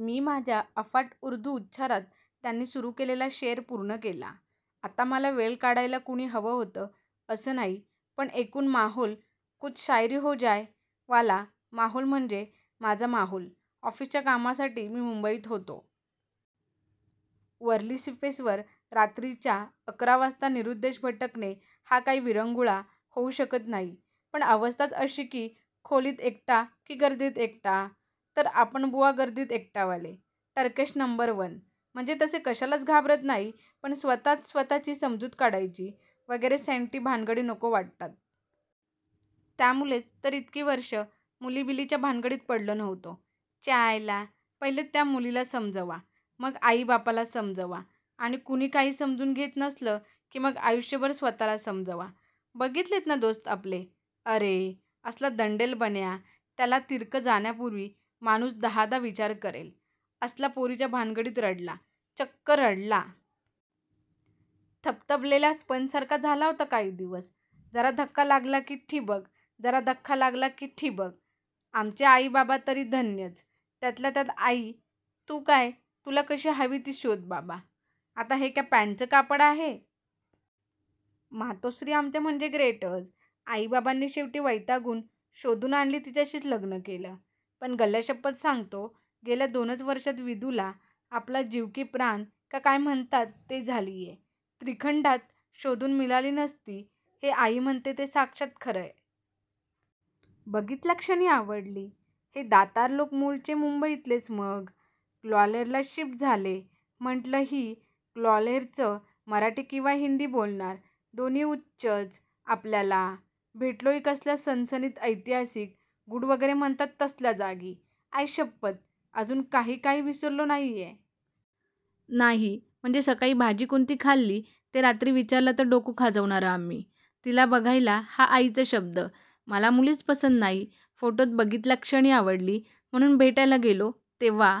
मी माझ्या अफाट उर्दू उच्चारात त्यांनी सुरू केलेला शेर पूर्ण केला. आता मला वेळ काढायला कुणी हवं होतं असं नाही पण एकूण माहोल "कुछ शायरी हो जाय " वाला. माहोल म्हणजे माझा माहोल ऑफिसच्या कामासाठी मी मुंबईत होतो. वरळी सीफेस वर रात्रीच्या अकरा वाजता निरुद्देश भटकणे हा काही विरंगुळा होऊ शकत नाही पण अवस्थाच अशी की खोलीत एकटा की गर्दीत एकटा? तर आपण बुवा गर्दीत एकटा वाले. टरकेश नंबर वन. म्हणजे तसे कशालाच घाबरत नाही पण स्वत:च स्वत:ची समजूत काढायची, वगैरे सेंटी भानगडी नको वाटतात. त्यामुळेच तर इतकी वर्षं मुली-बिलीच्या भानगडीत पडलो नव्हतो. च्यायला पहिलं त्या मुलीला समजवा, मग आई-बापाला समजवा आणि कुणी काही समजून घेत नसलं की मग आयुष्यभर स्वत:ला समजवा. बघितलेयत ना दोस्त आपले. अरे, असला दंडेल बन्या, त्याला तिरकं जाण्यापूर्वी माणूस दहादा विचार करेल, असला पोरीच्या भानगडीत रडला, चक्क रडला! थबथबलेल्या स्पंजसारखा झाला होता काही दिवस. जरा धक्का लागला की ठिबक, जरा धक्का लागला की ठिबक! आमचे आई-बाबा तरी धन्यच. त्यातल्या त्यात आई 'तू काय तुला कशी हवी ती शोध बाबा'. आता हे काय पँटचं कापड आहे? मातोश्री आमच्या म्हणजे ग्रेटच. आई-बाबांनी शेवटी वैतागून शोधून आणली तिच्याशी लग्न केलं. पण गळ्याशप्पथ सांगतो, गेल्या दोनच वर्षांत विदुला, आपला जीव की प्राण का काय म्हणतात ते झालीये. त्रिखंडात शोधून मिळाली नसती, हे आई म्हणते ते साक्षात खरंय. बघितल्याक्षणी आवडली. हे दातार लोक मुळचे मुंबईतलेच मग ग्वाल्हेरला शिफ़्ट झाले. म्हटलं ही ग्वाल्हेरचं मराठी किंवा हिंदी बोलणार, दोन्ही उच्चच आपल्याला. भेटलोही कसल्या सणसणीत ऐतिहासिक, गूढ वगैरे म्हणतात तसल्या जागी. आईशप्पथ, अजून, काही काही विसरलो नाहीये. नाही म्हणजे सकाळी भाजी कोणती खाल्ली ते रात्री विचारलं तर डोकं खाजवणार आम्ही. तिला "बघायला" हा आईचा शब्द, मला मुळीच पसंत नाही- फोटोत बघितल्याक्षणी आवडली म्हणून "भेटायला" गेलो तेव्हा.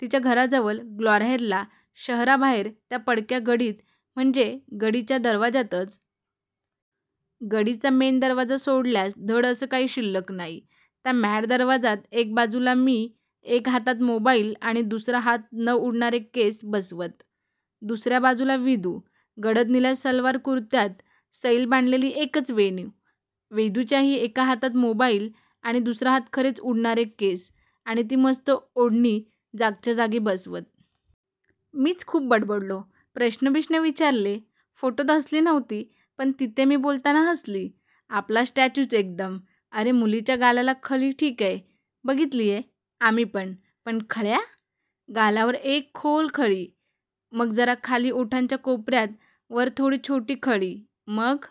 तिच्या घराजवळ ग्वाल्हेरला शहराबाहेर त्या पडक्या गढीत, म्हणजे गढीच्या दरवाजातच. गढीचा मेन दरवाजा सोडल्यास धड असं काही शिल्लक नाही. त्या मॅड दरवाजात एका बाजूला मी, एका हातात मोबाईल आणि दुसरा हात न उडणारे केस बसवत. दुसर्या बाजूला विदू, गडद निळ्या सलवार कुरत्यात. सैल बांधलेली एकच वेणी, विदूच्याही एका हातात मोबाईल आणि दुसरा हात खरेच उडणारे केस आणि ती मस्तं ओढणी जागच्या जागी बसवत. मीच खूप बडबडलो, प्रश्न-बिश्नं विचारले. फोटोत हसली नव्हती, पण तिथे मी बोलताना हसली. आपला स्टॅच्यूच एकदम. अरे मुलीच्या गालाला खळी ठीकय, बघितलीये, आम्हीपण. पण खळ्या? गालावर एक खोल खळी, मग जरा खाली ओठांच्या कोपर्यात वर थोडी छोटी खळी, मग--